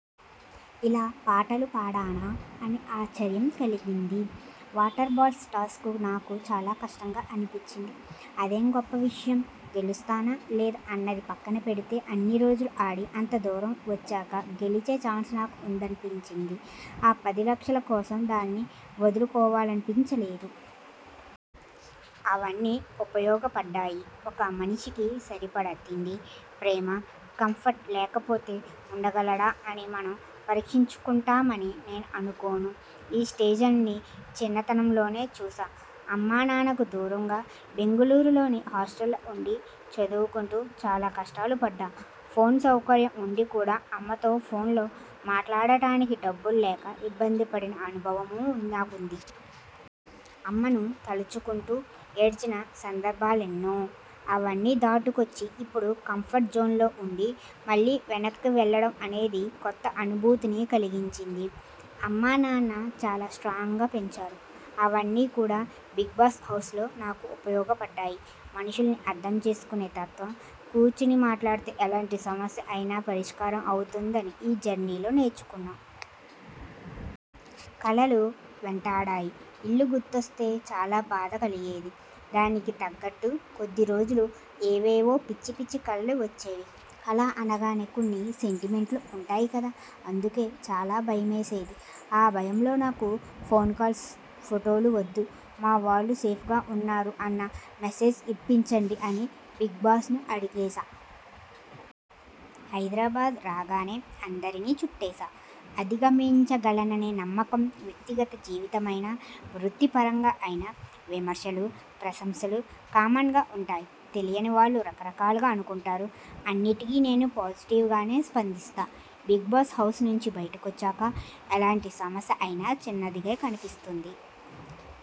ఇలా పాటలు పాడానా! అని ఆశ్చర్యం కలిగింది. వాటర్ బాల్స్ టాస్క్ నాకు చాలా కష్టంగా అనిపించింది. అదే గొప్ప విషయం గెలుస్తానా, లేదా అన్నది పక్కన పెడితే అన్ని రోజులు ఆడి, అంత దూరం వచ్చాక గెలిచే ఛాన్స్ నాకు ఉందనిపించింది. ఆ పది లక్షల కోసం దానిని వదులుకోవాలనిపించలేదు. అవన్నీ ఉపయోగపడ్డాయి ఒక మనిషికి సరిపడా తిండి, ప్రేమ, కంఫర్ట్ లేకపోతే ఉండగలడా అని మనం పరీక్షించుకుంటామని నేను అనుకోను. ఈ స్టేజ్లన్నీ చిన్నతనంలోనే చూశా. అమ్మానాన్నకు దూరంగా బెంగుళూరులోని హాస్టల్లో ఉండి చదువుకుంటూ చాలా కష్టాలు పడ్డాను. ఫోన్ సౌకర్యం ఉండి కూడా అమ్మతో ఫోన్లో మాట్లాడటానికి డబ్బులు లేక ఇబ్బంది పడిన అనుభవమూ నాకుంది. అమ్మను తలచుకుంటూ ఏడ్చిన సందర్భాలెన్నో! అవన్నీ దాటుకొచ్చి ఇప్పుడు కంఫర్ట్ జోన్లో ఉండి మళ్లీ వెనక్కి వెళ్లడం అనేది కొత్త అనుభూతిని కలిగించింది. అమ్మానాన్న చాలా స్ట్రాంగ్గా పెంచారు. అవన్నీ కూడా 'బిగ్బాస్' హౌస్లో నాకు ఉపయోగపడ్డాయి. మనుషుల్ని అర్ధం చేసుకునే తత్వం కూర్చుని మాట్లాడితే ఎలాంటి సమస్య అయినా పరిష్కారం అవుతుందని ఈ జర్నీలో నేర్చుకున్నా. కలలు వెంటాడాయి ఇల్లు గుర్తొస్తే చాలా బాధ కలిగేది. దానికి తగ్గట్టు కొద్ది రోజులు ఏవేవో పిచ్చిపిచ్చి కలలు వచ్చేవి. కల అనగానే కొన్ని సెంటిమెంట్లు ఉంటాయి కదా అందుకే చాలా భయమేసేది. ఆ భయంలో 'నాకు ఫోన్ కాల్స్, ఫొటోలు వద్దు మా వాళ్లు సేఫ్గా ఉన్నారు అన్న మెసేజ్ ఇప్పించండి' అని బిగ్బాస్ను అడిగేశా. హైదరాబాద్ రాగానే అందరినీ చుట్టేశా. అధిగమించగలననే నమ్మకం వ్యక్తిగత జీవితమైనా, వృత్తిపరంగా అయినా విమర్శలు, ప్రశంసలు కామన్గా ఉంటాయి. తెలియని వాళ్లు రకరకాలుగా అనుకుంటారు. అన్నింటికీ నేను పాజిటివ్గానే స్పందిస్తా. 'బిగ్బాస్' హౌస్ నుంచి బయటికొచ్చాక ఎలాంటి సమస్య అయినా చిన్నదిగా కనిపిస్తుంది.